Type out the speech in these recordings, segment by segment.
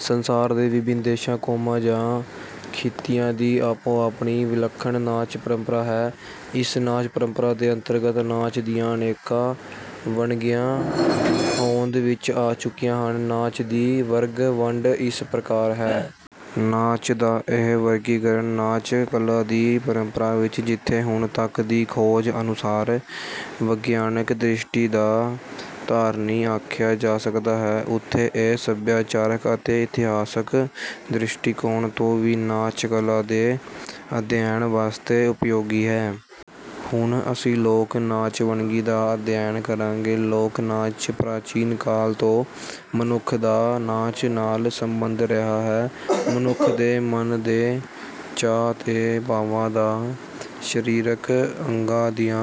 ਸੰਸਾਰ ਦੇ ਵਿਭਿੰਨ ਦੇਸ਼ਾਂ, ਕੌਮਾਂ ਜਾਂ ਖਿੱਤਿਆਂ ਦੀ ਆਪੋ-ਆਪਣੀ ਵਿਲੱਖਣ ਨਾਚ ਪਰੰਪਰਾ ਹੈ। ਇਸ ਨਾਚ ਪਰੰਪਰਾ ਦੇ ਅੰਤਰਗਤ ਨਾਚ ਦੀਆਂ ਅਨੇਕਾਂ ਵੰਨਗੀਆਂ ਹੋਂਦ ਵਿੱਚ ਆ ਚੁੱਕੀਆਂ ਹਨ। ਨਾਚ ਦੀ ਵਰਗ-ਵੰਡ ਇਸ ਪ੍ਰਕਾਰ ਹੈ। ਨਾਚ ਦਾ ਇਹ ਵਰਗੀਕਰਨ ਨਾਚ ਕਲਾ ਦੀ ਪਰੰਪਰਾ ਵਿੱਚ ਜਿੱਥੇ ਹੁਣ ਤੱਕ ਦੀ ਖੋਜ ਅਨੁਸਾਰ ਵਿਗਿਆਨਕ ਦ੍ਰਿਸ਼ਟੀ ਦਾ ਧਾਰਨੀ ਆਖਿਆ ਜਾ ਸਕਦਾ ਹੈ, ਉੱਥੇ ਇਹ ਸਭਿਆਚਾਰਕ ਅਤੇ ਇਤਿਹਾਸਕ ਦ੍ਰਿਸ਼ਟੀਕੋਣ ਤੋਂ ਵੀ ਨਾਚ ਕਲਾ ਦੇ ਅਧਿਐਨ ਵਾਸਤੇ ਉਪਯੋਗੀ ਹੈ। ਹੁਣ ਅਸੀਂ ਲੋਕ ਨਾਚ ਵੰਨਗੀ ਦਾ ਅਧਿਐਨ ਕਰਾਂਗੇ ਲੋਕ ਨਾਚ ਪ੍ਰਾਚੀਨ ਕਾਲ ਤੋਂ ਮਨੁੱਖ ਦਾ ਨਾਚ ਨਾਲ ਸੰਬੰਧ ਰਿਹਾ ਹੈ। ਮਨੁੱਖ ਦੇ ਮਨ ਦੇ ਚਾਅ ਤੇ ਭਾਵਾਂ ਦਾ ਸਰੀਰਕ ਅੰਗਾਂ ਦੀਆਂ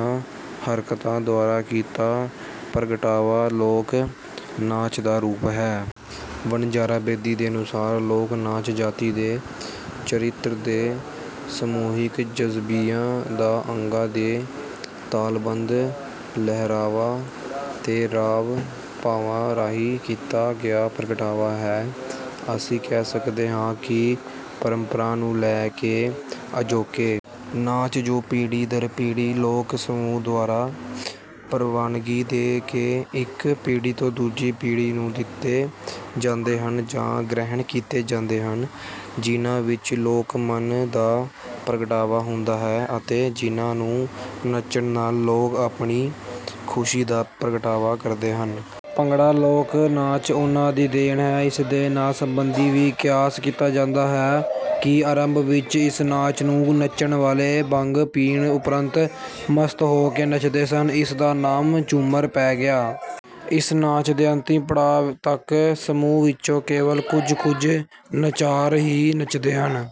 ਹਰਕਤਾਂ ਦੁਆਰਾ ਕੀਤਾ ਪ੍ਰਗਟਾਵਾ ਲੋਕ ਨਾਚ ਦਾ ਰੂਪ ਹੈ। ਵਣਜਾਰਾ ਬੇਦੀ ਦੇ ਅਨੁਸਾਰ, “ਲੋਕ ਨਾਚ ਜਾਤੀ ਦੇ ਚਰਿੱਤਰ ਤੇ ਸਮੂਹਿਕ ਜਜ਼ਬਿਆਂ ਦਾ ਅੰਗਾਂ ਦੇ ਤਾਲਬੱਧ ਲਹਿਰਾਵਾਂ ਤੇ ਹਾਵ-ਭਾਵਾਂ ਰਾਹੀਂ ਕੀਤਾ ਗਿਆ ਪ੍ਰਗਟਾਵਾ ਹੈ।”ਅਸੀਂ ਕਹਿ ਸਕਦੇ ਹਾਂ ਕਿ ਪਰੰਪਰਾ ਨੂੰ ਲੈ ਕੇ ਅਜੋਕੇ ਨਾਚ, ਜੋ ਪੀੜ੍ਹੀ ਦਰ ਪੀੜ੍ਹੀ ਲੋਕ-ਸਮੂਹ ਦੁਆਰਾ ਪ੍ਰਵਾਨਗੀ ਦੇ ਕੇ ਇੱਕ ਪੀੜ੍ਹੀ ਤੋਂ ਦੂਜੀ ਪੀੜ੍ਹੀ ਨੂੰ ਦਿੱਤੇ ਜਾਂਦੇ ਹਨ ਜਾਂ ਗ੍ਰਹਿਣ ਕੀਤੇ ਜਾਂਦੇ ਹਨ, ਜਿਨ੍ਹਾਂ ਵਿੱਚ ਲੋਕ-ਮਨ ਦਾ ਪ੍ਰਗਟਾਵਾ ਹੁੰਦਾ ਹੈ ਅਤੇ ਜਿਨ੍ਹਾਂ ਨੂੰ ਨੱਚਣ ਨਾਲ ਲੋਕ ਆਪਣੀ ਖੁਸ਼ੀ ਦਾ ਪ੍ਰਗਟਾਵਾ ਕਰਦੇ ਹਨ। ‘ਭੰਗੜਾ’ ਲੋਕ ਨਾਚ ਉਨ੍ਹਾਂ ਦੀ ਦੇਣ ਹੈ। ਇਸ ਦੇ ਨਾਂ ਸੰਬੰਧੀ ਵੀ ਕਿਆਸ ਕੀਤਾ ਜਾਂਦਾ ਹੈ ਕਿ ਆਰੰਭ ਵਿੱਚ ਇਸ ਨਾਚ ਨੂੰ ਨੱਚਣ ਵਾਲੇ ਭੰਗ ਪੀਣ ਉਪਰੰਤ ਮਸਤ ਹੋ ਕੇ ਨੱਚਦੇ ਸਨ। ਇਸ ਦਾ ਨਾਮ ਝੂੰਮਰ ਪੈ ਗਿਆ। ਇਸ ਨਾਚ ਦੇ ਅੰਤਿਮ ਪੜਾਅ ਤੱਕ ਸਮੂਹ ਵਿੱਚੋਂ ਕੇਵਲ ਕੁਝ-ਕੁਝ ਨਚਾਰ ਹੀ ਨੱਚਦੇ ਹਨ।